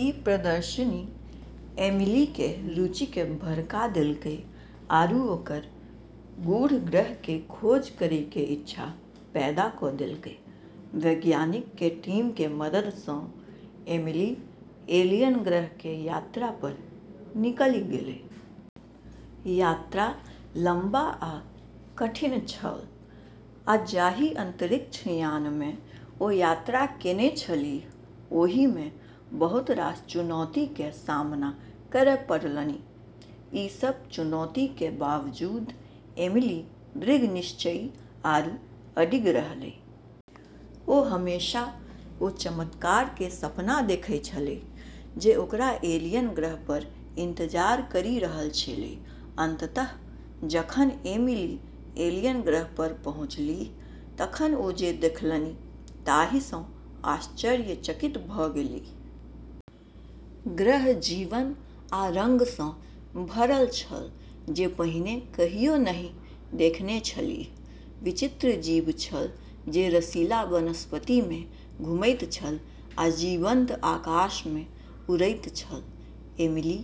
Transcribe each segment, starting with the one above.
ई प्रदर्शनी एमिली के रुचि के भड़का देलकै आरू ओकर गूढ़ ग्रह के खोज करै के इच्छा पैदा क देलकै। वैज्ञानिक के टीम के मदद सं एमिली एलियन ग्रह के यात्रा पर निकलि गेलै। यात्रा लम्बा आ कठिन छल, आ जाहि अंतरिक्ष यान मे ओ यात्रा केने छलीह, ओहि मे बहुत रास चुनौती के सामना करय पड़लनि। ई सब चुनौती के बावजूद एमिली दृढ़ निश्चयी आरू अडिग रहलै। ओ हमेशा ओ चमत्कार के सपना देखै छेलै जे ओकरा एलियन ग्रह पर इंतजार करी रहल छेलै। अंततः जखन एमिली एलियन ग्रह पर पहुँचलीह तखन ओ जे देखलनि ताहि सं आश्चर्यचकित भ गेलीह। ग्रह जीवन आ रंग सं भरल छल जे पहिने कहियो नहि देखने छलीह। विचित्र जीव छल जे रसीला वनस्पति मे घुमैत छल आ जीवंत आकाश मे उड़ैत छल। एमिली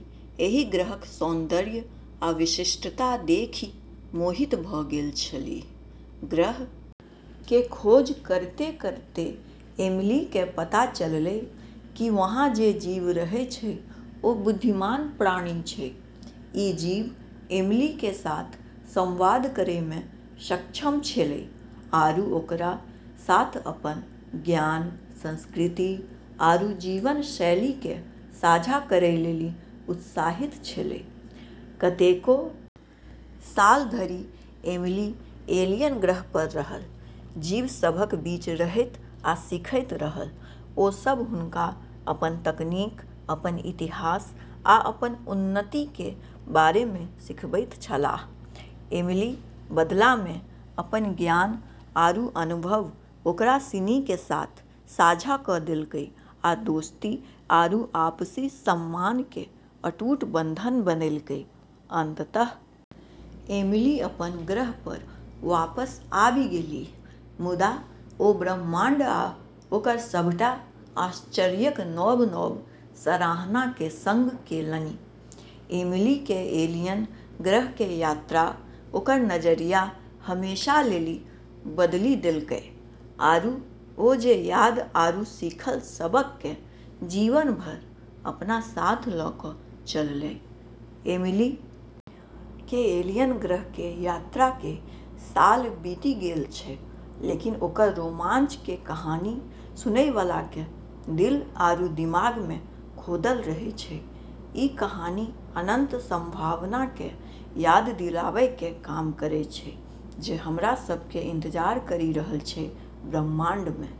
एहि ग्रहक सौन्दर्य आ विशिष्टता देखि मोहित भ गेल छलीह। ग्रह के खोज करतें-करतें एमिली के पता चललै कि वहाँ जे जीव रहै छै, ओ बुद्धिमान प्राणी छै। ई जीव एमिली के साथ संवाद करै मे सक्षम छेलै, आरू ओकरा साथ अपन ज्ञान, संस्कृति आरू जीवन-शैली के साझा करै लेली उत्साहित छेलै। कतेको साल धरि एमिली एलियन ग्रह पर रहल। जीव सभक बीच रहैत आ सीखैत रहल। ओ सब हुनका अपन तकनीक, अपन इतिहास, आ अपन उन्नति के बारे मे सिखबैत छलाह। एमिली, बदला मे, अपन ज्ञान आरू अनुभव ओकरा सिनी के साथ साझा क देलकै आ दोस्ती आरू आपसी सम्मान के अटूट बंधन बनैलकै। अंततः एमिली अपन ग्रह पर वापस आबि गेलीह, मुदा ओ ब्रह्मांड आ ओकर सभटा आश्चर्यक नव-नव सराहना के संग केलनि। एमिली के एलियन ग्रह के यात्रा ओकर नजरिया हमेशा लेली बदली देलकै, आरू ओ जे याद आरू सीखल सबक के जीवन भर अपना साथ ल क चललै। एमिली के एलियन ग्रह के यात्रा के साल बीति गेल छै, लेकिन ओकर रोमांच के कहानी सुनै वाला के दिल आरू दिमाग मे खोदल रहै छै। ई कहानी अनंत संभावना के याद दिलाबै के काम करै छै जे हमरा सब के इंतजार करी रहल छै ब्रह्माण्ड मे।